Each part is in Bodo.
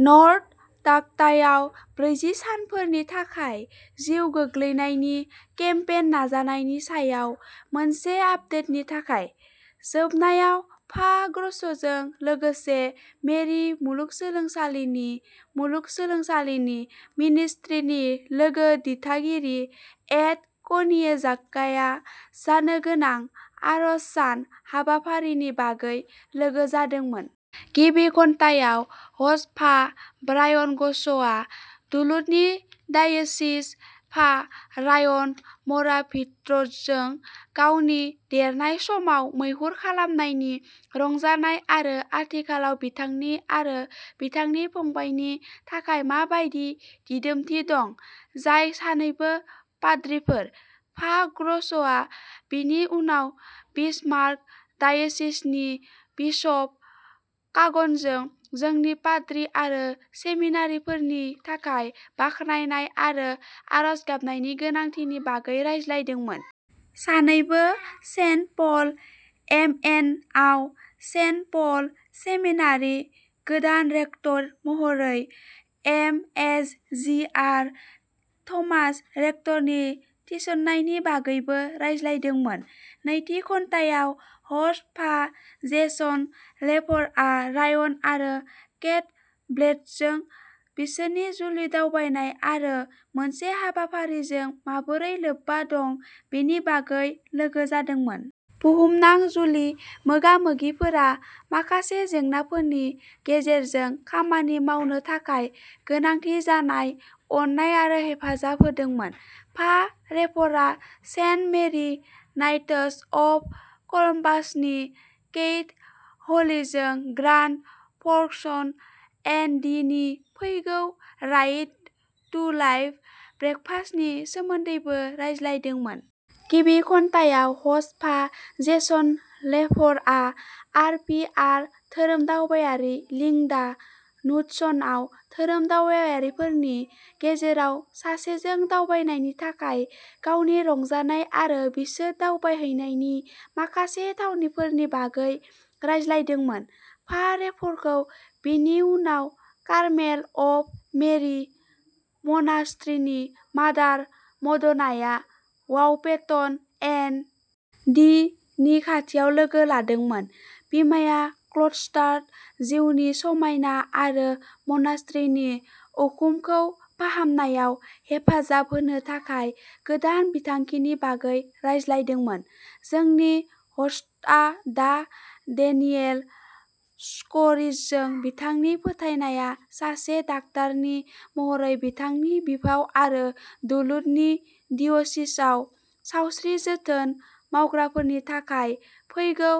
नर्थ डाकटायाव ब्रैजि सानफोरनि थाखाय जिउ गोग्लैनायनि केम्पेइन नाजानायनि सायाव मोनसे आपडेटनि थाखाय। जोबनायाव, फा ग्र'सजों लोगोसे मेरि मुलुगसोलोंसालिनि मुलुगसोलोंसालि मिनिस्ट्रिनि लोगो दिथागिरि एड कनिएज्काया जानो गोनां आरज सान हाबाफारिनि बागै लोगो जादोंमोन। गिबि घन्टायाव, ह'स्ट फा ब्रायन ग्र'सआ डुलुथनि डायोसिस फा रायन म'राभिट्जजों गावनि देरनाय समाव मैहुर खालामनायनि रंजानाय आरो आथिखालाव बिथांनि आरो बिथांनि फंबायनि थाखाय मा बायदि दिदोमथि दं, जाय सानैबो पाद्रिफोर। फा ग्र'सआ बिनि उनाव बिसमार्क डायोसिसनि बिशप कागनजों जोंनि पाद्रि आरो सेमिनारियानफोरनि थाखाय बाख्नायनाय आरो आरज गाबनायनि गोनांथिनि बागै रायज्लायदोंमोन। सानैबो सेन्ट पल, एमएनआव सेन्ट पल सेमिनारिनि गोदान रेक्टर महरै एमएसजिआर थमास रिक्टरनि थिसननायनि बागैबो रायज्लायदोंमोन। नैथि घन्टायाव, ह'स्ट फा जेसन लेफरआ रायन आरो केट ब्लेथजों बिसोरनि जुलि दावबायनाय आरो मोनसे हाबाफारिजों माबोरै लोब्बा दं बेनि बागै लोगो जादोंमोन। बुहुमनां जुलि मोगा-मोगिफोरा माखासे जेंनाफोरनि गेजेरजों खामानि मावनो थाखाय गोनांथि जानाय अननाय आरो हेफाजाब होदोंमोन। फा लेफरआ सेन्ट मेरि नाइट्स अफ कलम्बासनि केइथ हलिजों ग्रान्ड फ'र्कस, एन डि नि फैगौ राइट टु लाइफ ब्रेकफास्टनि सोमोन्दैबो रायज्लायदोंमोन। गिबि घन्टायाव, ह'स्ट फा जेसन लेफरआ आर पि आर धोरोमदावबायारि लिंडा नुडसनआव धोरोमदावबायारिफोरनि गेजेराव सासेजों दावबायनायनि थाखाय गावनि रंजानाय आरो बिसोर दावबायहैनाय माखासे थावनिफोरनि बागै रायज्लायदोंमोन। फा लेफरखौ बेनि उनाव कारमेल अफ मेरि म'नास्ट्रिनि मादार म'ड'नाया वाहपेटन, एन डि. नि खाथियाव लोगो लादोंमोन। बिमाया क्ल'स्टार्ड जिउनि समायना आरो म'नास्ट्रिनि उखुमखौ फाहामनायाव हेफाजाब होनो थाखाय गोदान बिथांखिनि बागै रायज्लायदोंमोन। जोंनि ह'स्टआ डा डेनियेल स्क'रिचजों बिथांनि फोथायनाया सासे डाक्टारनि महरै बिथांनि बिफाव आरो डुलुथनि डिय'सिसआव सावस्रि जोथोन मावग्राफोरनि थाखाय फैगौ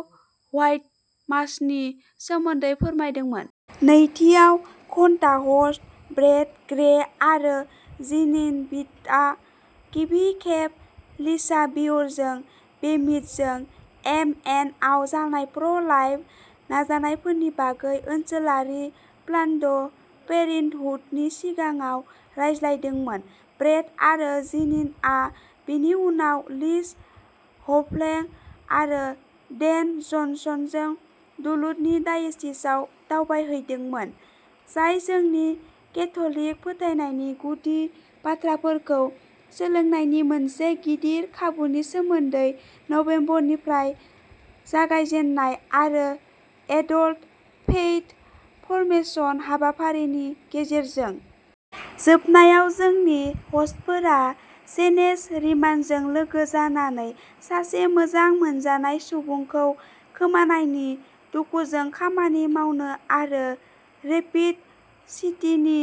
व्हाइट मासनि सोमोन्दै फोरमायदोंमोन। नैथिआव। घन्टा, ह'स्ट ब्रैड ग्रे आरो जीनिन बितजानआ गिबि खेब लिसा बेयरजों बेमिडजी, एमएनआव जानाय प्र'- लाइफ नाजानायफोरनि बागै ओनसोलारि प्लान्ड पेरेन्टहुडनि सिगाङाव रायज्लायदोंमोन। ब्रैड आरो जीनिनआ बेनि उनाव लिज हफर्ले आरो डेन जनसनजों डुलुथनि डायोसिसआव दावबायहैदोंमोन, जाय जोंनि केथ'लिक फोथायनायनि गुदि बाथ्राफोरखौ सोलोंनायनि मोनसे गिदिर खाबुनि सोमोन्दै, नबेम्बरनिफ्राय जागायजेन्नाय मोनसे एडल्ट फेइथ फर्मेशन हाबाफारिनि गेजेरजों। जोबनायाव, जोंनि ह'स्टफोरा जेनेस रीमानजों लोगो जानानै सासे मोजां मोनजानाय सुबुंखौ खोमानायनि दुखुजों खामानि मावनो आरो रेपिड सिटीनि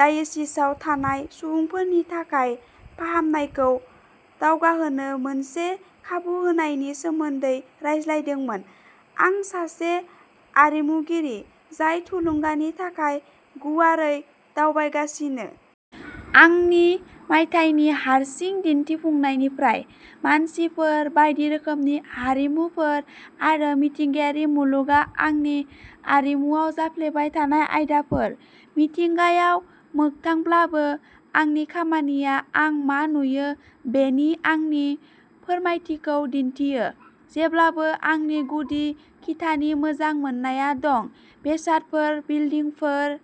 डायोसिसआव थानाय सुबुंफोरनि थाखाय फाहामनायखौ दावगाहोनो मोनसे खाबु होनायनि सोमोन्दै रायज्लायदोंमोन। आं सासे आरिमुगिरि, जाय थुलुंगानि थाखाय गुवारै दावबायगासिनो! आंनि मायथाइनि हारसिं दिन्थिफुंनायनिफ्राय। मानसिफोर, बायदि रोखोमनि हारिमुफोर, आरो मिथिंगायारि मुलुगआ आंनि आरिमुआव जाफ्लेबाय थानाय आयदाफोर। मिथिंगायाव मोगथांब्लाबो, आंनि खामानिया आं मा नुयो बेनि आंनि फोरमायथिखौ दिन्थियो। जेब्लाबो आंनि गुदि खिथानि मोजां मोननाया दंः बेसादफोर, बिल्दिंफोर,